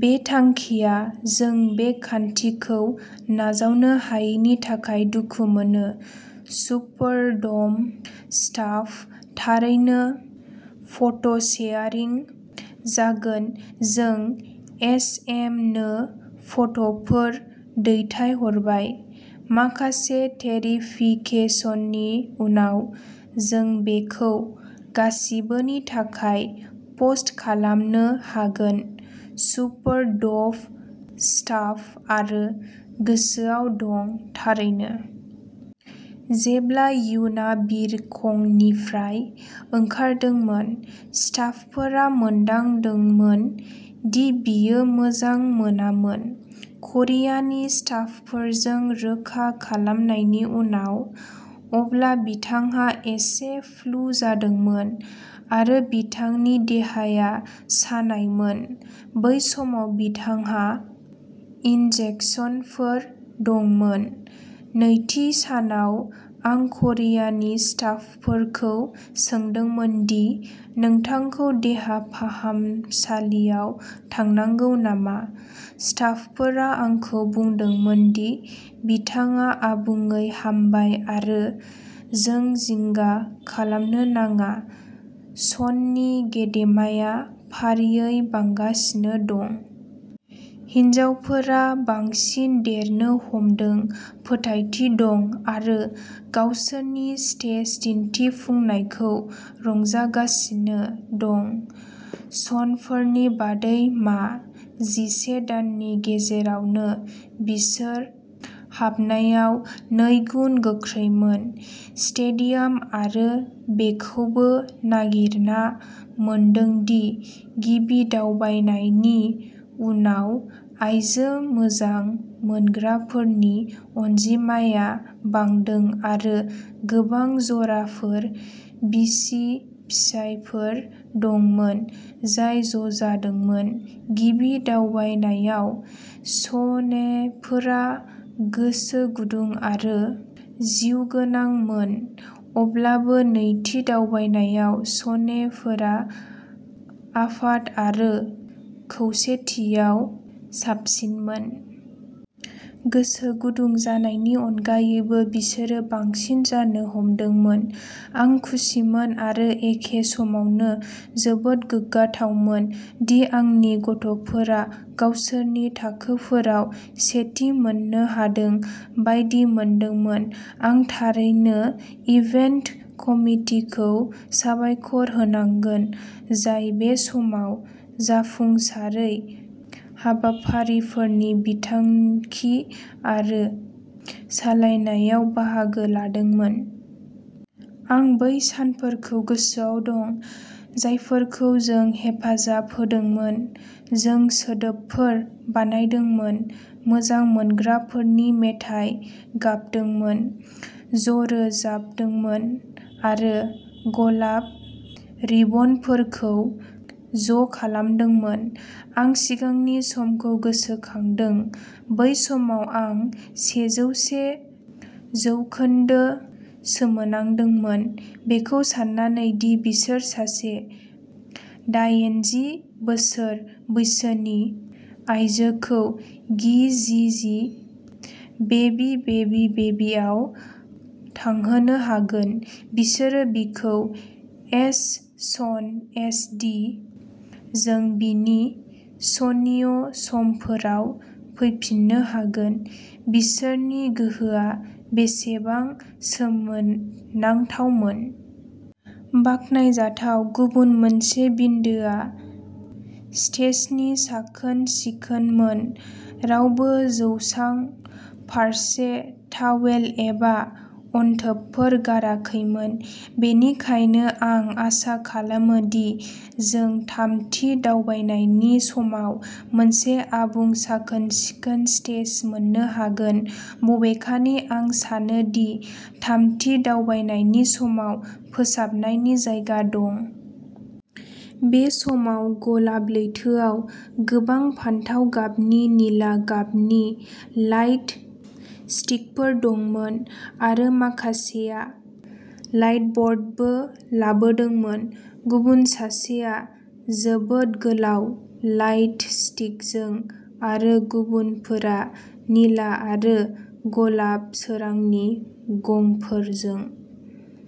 बे थांखिआ। जों बे खान्थिखौ नाजावनो हायैनि थाखाय दुखु मोनो। सुपार ड'म स्टाफ थारैनो फट'सेयारिं जागोन, जों एस एम नो फट'फोर दैथायहरबाय, माखासे भेरिफिकेसननि उनाव, जों बेखौ गासिबोनि थाखाय पस्ट खालामनो हागोन सुपार ड'म स्टाफ आं गोसोआव दं, थारैनो। जेब्ला युना बिरखंनिफ्राय ओंखारदोंमोन, स्टाफफोरा मोनदांदोंमोन दि बियो मोजां मोनामोन। करियानि स्टाफफोरजों रोखा खालामनायनि उनाव, अब्ला बिथांहा एसे फ्लु जादोंमोन आरो बिथांनि देहाया सानायमोन। बै समाव बिथांहा इन्जेक्सनफोर दंमोन। नैथि सानाव आं करियानि स्टाफफोरखौ सोंदोंमोन दि नोंथांखौ देहा फाहामसालियाव थांनांगौ नामा, स्टाफफोरा आंखौ बुंदोंमोन दि बिथाङा आबुङै हामबाय आरो जों जिंगा खालामनो नाङा सननि गेदेमाया फारियै बांगासिनो दं। हिनजावफोरा बांसिन देरनो हमदों, फोथायथि दं आरो गावसोरनि स्टेज दिन्थिफुंनायखौ रंजागासिनो दं, स'नफोरनि बादै मा? जिसे दाननि गेजेरावनो, बिसोर हाबनायाव नैगुन गोख्रैमोन। स्टेडियाम आरो बेखौबो नागिरना मोनदों दि गिबि दावबायनायनि उनाव आइजो मोजां मोनग्राफोरनि अनजिमाया बांदों आरो गोबां जराफोर, बिसि-फिसायफोर दंमोन जाय ज'जादोंमोन गिबि दावबायनायाव स'नेफोरा गोसो गुदुं आरो जिउगोनांमोन, अब्लाबो नैथि दावबायनायाव स'नेफोरा आफाद आरो खौसेथियाव साबसिनमोन। गोसो गुदुं जानायनि अनगायैबो, बिसोरो बांसिन जानो हमदोंमोन। आं खुसिमोन आरो एखे समावनो जोबोद गोग्गाथावमोन दि आंनि गथ'फोरा गावसोरनि थाखोफोराव सेथि मोननो हादों बायदि मोनदोंमोन आं थारैनो' इभेन्ट कमिटि'खौ साबायखर होनांगोन, जाय बे समाव जाफुंसारै हाबाफारिफोरनि बिथांखि आरो सालायनायाव बाहागो लादोंमोन। आं बै सानफोरखौ गोसोआव दं, जायफोरखौ जों हेफाजाब होदोंमोन जों सोदोबफोर बानायदोंमोन, मोजां मोनग्राफोरनि मेथाइ गाबदोंमोन, ज'रोजाबदोंमोन आरो गलाब रिबनफोरखौ ज'खालामदोंमोन। आं सिगांनि समखौ गोसोखांदों। बै समाव, आं सेजौसे जौखोन्दो सोमोनांदोंमोन, बेखौ सान्नानै दि बिसोर सासे दायेनजि बोसोर बैसोनि आयजोखौ gee gee gee baby baby baby आव थांहोनो हागोन, बिसोरो बिखौ एस सन एस डि जों बिनि सनिय' समफोराव फैफिननो हागोन बिसोरनि गोहोआ बेसेबां सोमोनांथावमोन? बाखनायजाथाव गुबुन मोनसे बिन्दोआ स्टेजनि साखोन-सिखोनमोन। रावबो जौसां फारसे तावेल एबा अनथोबफोर गाराखैमोन, बेनिखायनो आं आसा खालामो दि जों थामथि दावबायनायनि समाव मोनसे आबुं साखोन-सिखोन स्टेज मोन्नो हागोन बबेखानि, आं सानो दि थामथि दावबायनायनि समाव फोसाबनायनि जायगा दं। बे समाव, गलाब लैथोआव गोबां फान्थाव गाबनि, निला गाबनि लाइट स्टिकफोर दंमोन आरो माखासेआ लाइटब'र्डबो लाबोदोंमोन, गुबुन सासेआ जोबोद गोलाव लाइट स्टिकजों आरो गुबुनफोरा निला आरो गलाब सोरांनि गंफोरजों।